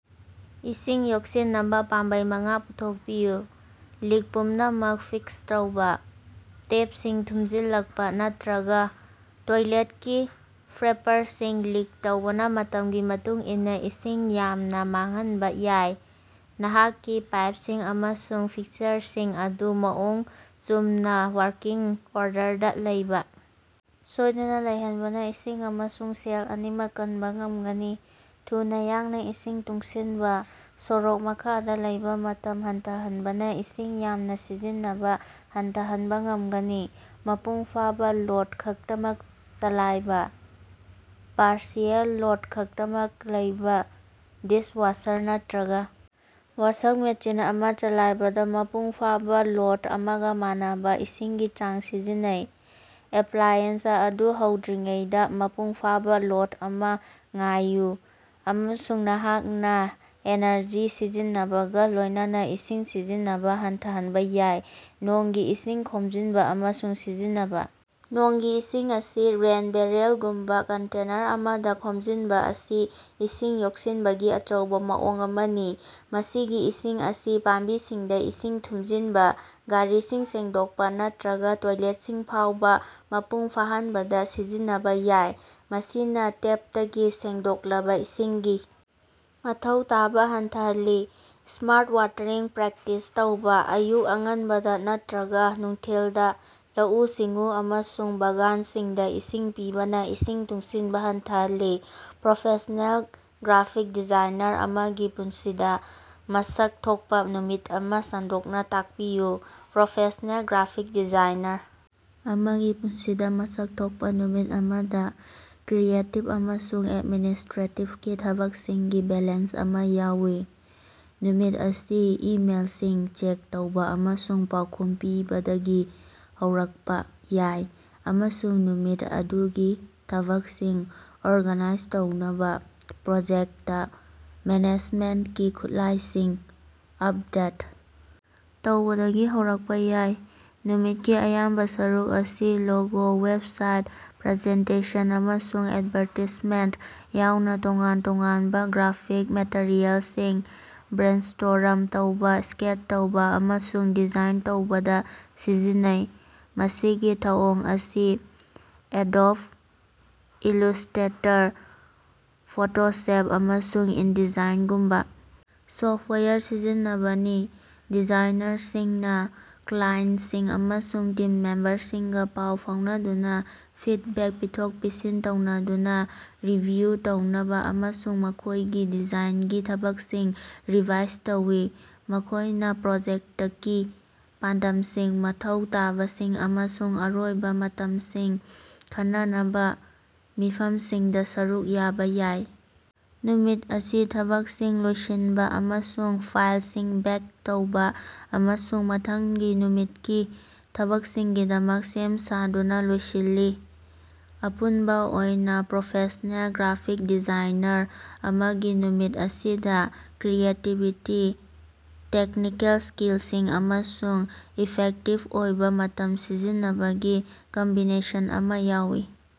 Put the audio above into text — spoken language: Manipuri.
ꯏꯁꯤꯡ ꯌꯣꯛꯁꯤꯟꯅꯕ ꯄꯥꯝꯕꯩ ꯃꯉꯥ ꯄꯨꯊꯣꯛꯄꯤꯌꯨ꯫ ꯂꯤꯛ ꯄꯨꯝꯅꯃꯛ ꯐꯤꯛꯁ ꯇꯧꯕ: ꯇꯦꯞꯁꯤꯡ ꯊꯨꯝꯖꯤꯜꯂꯛꯄ ꯅꯠꯇ꯭ꯔꯒ ꯇꯣꯏꯂꯦꯠꯀꯤ ꯐ꯭ꯂꯦꯄꯔꯁꯤꯡ ꯂꯤꯛ ꯇꯧꯕꯅ ꯃꯇꯝꯒꯤ ꯃꯇꯨꯡ ꯏꯟꯅ ꯏꯁꯤꯡ ꯌꯥꯝꯅ ꯃꯥꯡꯍꯟꯕ ꯌꯥꯏ꯫ ꯅꯍꯥꯛꯀꯤ ꯄꯥꯏꯞꯁꯤꯡ ꯑꯃꯁꯨꯡ ꯐꯤꯛꯁꯆꯔꯁꯤꯡ ꯑꯗꯨ ꯃꯑꯣꯡ ꯆꯨꯝꯅ ꯋꯥꯔꯀꯤꯡ ꯑꯣꯔꯗꯔꯗ ꯂꯩꯕ ꯁꯣꯏꯗꯅ ꯂꯩꯍꯟꯕꯅ ꯏꯁꯤꯡ ꯑꯃꯁꯨꯡ ꯁꯦꯜ ꯑꯅꯤꯃꯛ ꯀꯟꯕ ꯉꯝꯒꯅꯤ꯫ ꯊꯨꯅ ꯌꯥꯡꯅ ꯏꯁꯤꯡ ꯇꯨꯡꯁꯤꯟꯕ: ꯁꯣꯔꯣꯛ ꯃꯈꯥꯗ ꯂꯩꯕ ꯃꯇꯝ ꯍꯟꯊꯍꯟꯕꯅ ꯏꯁꯤꯡ ꯌꯥꯝꯅ ꯁꯤꯖꯤꯟꯅꯕ ꯍꯟꯊꯍꯟꯕ ꯉꯝꯒꯅꯤ꯫ ꯃꯄꯨꯡ ꯐꯥꯕ ꯂꯣꯗ ꯈꯛꯇꯃꯛ ꯆꯂꯥꯏꯕ: ꯄꯥꯔꯁꯤꯑꯦꯜ ꯂꯣꯗ ꯈꯛꯇꯃꯛ ꯂꯩꯕ ꯗꯤꯁꯋꯥꯁꯔ ꯅꯠꯇ꯭ꯔꯒ ꯋꯥꯁꯛ ꯃꯦꯁꯤꯟ ꯑꯃ ꯆꯂꯥꯏꯕꯗ ꯃꯄꯨꯡ ꯐꯥꯕ ꯂꯣꯗ ꯑꯃꯒ ꯃꯥꯟꯅꯕ ꯏꯁꯤꯡꯒꯤ ꯆꯥꯡ ꯁꯤꯖꯤꯟꯅꯩ꯫ ꯑꯦꯄ꯭ꯂꯥꯏꯑꯦꯟꯁ ꯑꯗꯨ ꯍꯧꯗ꯭ꯔꯤꯉꯩꯗ ꯃꯄꯨꯡꯐꯥꯕ ꯂꯣꯗ ꯑꯃ ꯉꯥꯏꯌꯨ, ꯑꯃꯁꯨꯡ ꯅꯍꯥꯛꯅ ꯑꯦꯅꯔꯖꯤ ꯁꯤꯖꯤꯟꯅꯕꯒ ꯂꯣꯏꯅꯅ ꯏꯁꯤꯡ ꯁꯤꯖꯤꯟꯅꯕ ꯍꯟꯊꯍꯟꯕ ꯌꯥꯏ꯫ ꯅꯣꯡꯒꯤ ꯏꯁꯤꯡ ꯈꯣꯝꯖꯤꯟꯕ ꯑꯃꯁꯨꯡ ꯁꯤꯖꯤꯟꯅꯕ: ꯅꯣꯡꯒꯤ ꯏꯁꯤꯡ ꯑꯁꯤ ꯔꯦꯟ ꯕꯦꯔꯦꯜꯒꯨꯝꯕ ꯀꯟꯇꯦꯅꯔ ꯑꯃꯗ ꯈꯣꯝꯖꯤꯟꯕ ꯑꯁꯤ ꯏꯁꯤꯡ ꯌꯣꯛꯁꯤꯟꯕꯒꯤ ꯑꯆꯧꯕ ꯃꯑꯣꯡ ꯑꯃꯅꯤ꯫ ꯃꯁꯤꯒꯤ ꯏꯁꯤꯡ ꯑꯁꯤ ꯄꯥꯝꯕꯤꯁꯤꯡꯗ ꯏꯁꯤꯡ ꯊꯨꯝꯖꯤꯟꯕ, ꯒꯥꯔꯤꯁꯤꯡ ꯁꯦꯡꯗꯣꯛꯄ ꯅꯠꯇ꯭ꯔꯒ ꯇꯣꯏꯂꯦꯠꯁꯤꯡ ꯐꯥꯎꯕ ꯃꯄꯨꯡ ꯐꯥꯍꯟꯕꯗ ꯁꯤꯖꯤꯟꯅꯕ ꯌꯥꯏ, ꯃꯁꯤꯅ ꯇꯦꯞꯇꯒꯤ ꯁꯦꯡꯗꯣꯛꯂꯕ ꯏꯁꯤꯡꯒꯤ ꯃꯊꯧ ꯇꯥꯕ ꯍꯟꯊꯍꯜꯂꯤ꯫ ꯁ꯭ꯃꯥꯔꯠ ꯋꯥꯇꯔꯤꯡ ꯄ꯭ꯔꯦꯛꯇꯤꯁ ꯇꯧꯕ: ꯑꯌꯨꯛ ꯑꯉꯟꯕꯗ ꯅꯠꯇ꯭ꯔꯒ ꯅꯨꯡꯊꯤꯜꯗ ꯂꯧꯎ-ꯁꯤꯡꯎ ꯑꯃꯁꯨꯡ ꯕꯥꯒꯥꯟꯁꯤꯡꯗ ꯏꯁꯤꯡ ꯄꯤꯕꯅ ꯏꯁꯤꯡ ꯇꯨꯡꯁꯤꯟꯕ ꯍꯟꯊꯍꯜꯂꯤ꯫ ꯄ꯭ꯔꯣꯐꯦꯁ꯭ꯅꯦꯜ ꯒ꯭ꯔꯥꯐꯤꯛ ꯗꯤꯖꯥꯏꯅꯔ ꯑꯃꯒꯤ ꯄꯨꯟꯁꯤꯗ ꯃꯁꯛ ꯊꯣꯛꯄ ꯅꯨꯃꯤꯠ ꯑꯃ ꯁꯟꯗꯣꯛꯅ ꯇꯥꯛꯄꯤꯌꯨ꯫ ꯄ꯭ꯔꯣꯐꯦꯁ꯭ꯅꯦꯜ ꯒ꯭ꯔꯥꯐꯤꯛ ꯗꯤꯖꯥꯏꯅꯔ ꯑꯃꯒꯤ ꯄꯨꯟꯁꯤꯗ ꯃꯁꯛ ꯊꯣꯛꯄ ꯅꯨꯃꯤꯠ ꯑꯃꯗ ꯀ꯭ꯔꯤꯌꯦꯇꯤꯕ ꯑꯃꯁꯨꯡ ꯑꯦꯗꯃꯤꯅꯤꯁ꯭ꯇꯔꯦꯇꯤꯕꯀꯤ ꯊꯕꯛꯁꯤꯡꯒꯤ ꯕꯦꯂꯦꯟꯁ ꯑꯃ ꯌꯥꯎꯏ꯫ ꯅꯨꯃꯤꯠ ꯑꯁꯤ ꯏꯃꯦꯜꯁꯤꯡ ꯆꯦꯛ ꯇꯧꯕ ꯑꯃꯁꯨꯡ ꯄꯥꯎꯈꯨꯝ ꯄꯤꯕꯗꯒꯤ ꯍꯧꯔꯛꯄ ꯌꯥꯏ ꯑꯃꯁꯨꯡ ꯅꯨꯃꯤꯠ ꯑꯗꯨꯒꯤ ꯊꯕꯛꯁꯤꯡ ꯑꯣꯔꯒꯅꯥꯏꯖ ꯇꯧꯅꯕ ꯄ꯭ꯔꯣꯖꯦꯛꯇ ꯃꯦꯅꯦꯖꯃꯦꯟꯇꯀꯤ ꯈꯨꯠꯂꯥꯏꯁꯤꯡ ꯑꯞꯗꯦꯠ ꯇꯧꯕꯗꯒꯤ ꯍꯧꯔꯛꯄꯥ ꯌꯥꯏ꯫ ꯅꯨꯃꯤꯠꯀꯤ ꯑꯌꯥꯝꯕ ꯁꯔꯨꯛ ꯑꯁꯤ ꯂꯣꯒꯣ, ꯋꯦꯕꯁꯥꯏꯠ, ꯄ꯭ꯔꯖꯦꯟꯇꯦꯁꯟ, ꯑꯃꯁꯨꯡ ꯑꯦꯗꯚꯥꯔꯇꯥꯏꯖꯃꯦꯟꯇ ꯌꯥꯎꯅ ꯇꯣꯉꯥꯟ ꯇꯣꯉꯥꯟꯕ ꯒ꯭ꯔꯥꯐꯤꯛ ꯃꯦꯇꯔꯤꯑꯦꯜꯁꯤꯡ ꯕ꯭ꯔꯦꯟꯁ꯭ꯇꯣꯔꯝ ꯇꯧꯕ, ꯁ꯭ꯀꯦꯠ ꯇꯧꯕ ꯑꯃꯁꯨꯡ ꯗꯤꯖꯥꯏꯟ ꯇꯧꯕꯗ ꯁꯤꯖꯤꯟꯅꯩ꯫ ꯃꯁꯤꯒꯤ ꯊꯧꯑꯣꯡ ꯑꯁꯤꯗ ꯑꯦꯗꯣꯕ ꯏꯜꯂꯨꯁ꯭ꯇꯦꯇꯔ, ꯐꯣꯇꯣꯁꯞ, ꯑꯃꯁꯨꯡ ꯏꯟꯗꯤꯖꯥꯏꯟꯒꯨꯝꯕ ꯁꯣꯐ꯭ꯇꯋꯦꯔ ꯁꯤꯖꯤꯟꯅꯕꯅꯤ꯫ ꯗꯤꯖꯥꯏꯅꯔꯁꯤꯡꯅ ꯀ꯭ꯂꯥꯏꯟꯇꯁꯤꯡ ꯑꯃꯁꯨꯡ ꯇꯤꯝ ꯃꯦꯝꯕꯔꯁꯤꯡꯒ ꯄꯥꯎ ꯐꯥꯎꯅꯗꯨꯅ ꯐꯤꯗꯕꯦꯛ ꯄꯤꯊꯣꯛ-ꯄꯤꯁꯤꯟ ꯇꯧꯅꯗꯨꯅ, ꯔꯤꯚꯤꯌꯨ ꯇꯧꯅꯕ ꯑꯃꯁꯨꯡ ꯃꯈꯣꯏꯒꯤ ꯗꯤꯖꯥꯏꯟꯒꯤ ꯊꯕꯛꯁꯤꯡ ꯔꯤꯚꯥꯏꯖ ꯇꯧꯏ꯫ ꯃꯈꯣꯏꯅ ꯄ꯭ꯔꯣꯖꯦꯛꯇꯀꯤ ꯄꯥꯟꯗꯝꯁꯤꯡ, ꯃꯊꯧ ꯇꯥꯕꯁꯤꯡ ꯑꯃꯁꯨꯡ ꯑꯔꯣꯏꯕ ꯃꯇꯝꯁꯤꯡ ꯈꯟꯅꯅꯕ ꯃꯤꯐꯝꯁꯤꯡꯗ ꯁꯔꯨꯛ ꯌꯥꯕ ꯌꯥꯏ꯫ ꯅꯨꯃꯤꯠ ꯑꯁꯤ ꯊꯕꯛꯁꯤꯡ ꯂꯣꯏꯁꯤꯟꯕ ꯑꯃꯁꯨꯡ ꯐꯥꯏꯝꯁꯤꯡ ꯕꯦꯛ ꯇꯧꯕ ꯑꯃꯁꯨꯡ ꯃꯊꯪꯒꯤ ꯅꯨꯃꯤꯠꯀꯤ ꯊꯕꯛꯁꯤꯡꯒꯤꯗꯃꯛ ꯁꯦꯝ ꯁꯥꯗꯨꯅ ꯂꯣꯏꯁꯤꯜꯂꯤ꯫ ꯑꯄꯨꯟꯕ ꯑꯣꯏꯅ ꯄ꯭ꯔꯣꯐꯦꯁ꯭ꯅꯦꯜ ꯒ꯭ꯔꯥꯐꯤꯛ ꯗꯤꯖꯥꯏꯅꯔ ꯑꯃꯒꯤ ꯅꯨꯃꯤꯠ ꯑꯁꯤꯗ ꯀ꯭ꯔꯤꯌꯦꯇꯤꯕꯤꯇꯤ, ꯇꯦꯛꯅꯤꯀꯦꯜ ꯁ꯭ꯀꯤꯜꯁꯤꯡ ꯑꯃꯁꯨꯡ ꯏꯐꯦꯛꯇꯤꯕ ꯑꯣꯏꯕ ꯃꯇꯝ ꯁꯤꯖꯤꯟꯅꯕꯒꯤ ꯀꯝꯕꯤꯅꯦꯁꯟ ꯑꯃ ꯌꯥꯎꯏ꯫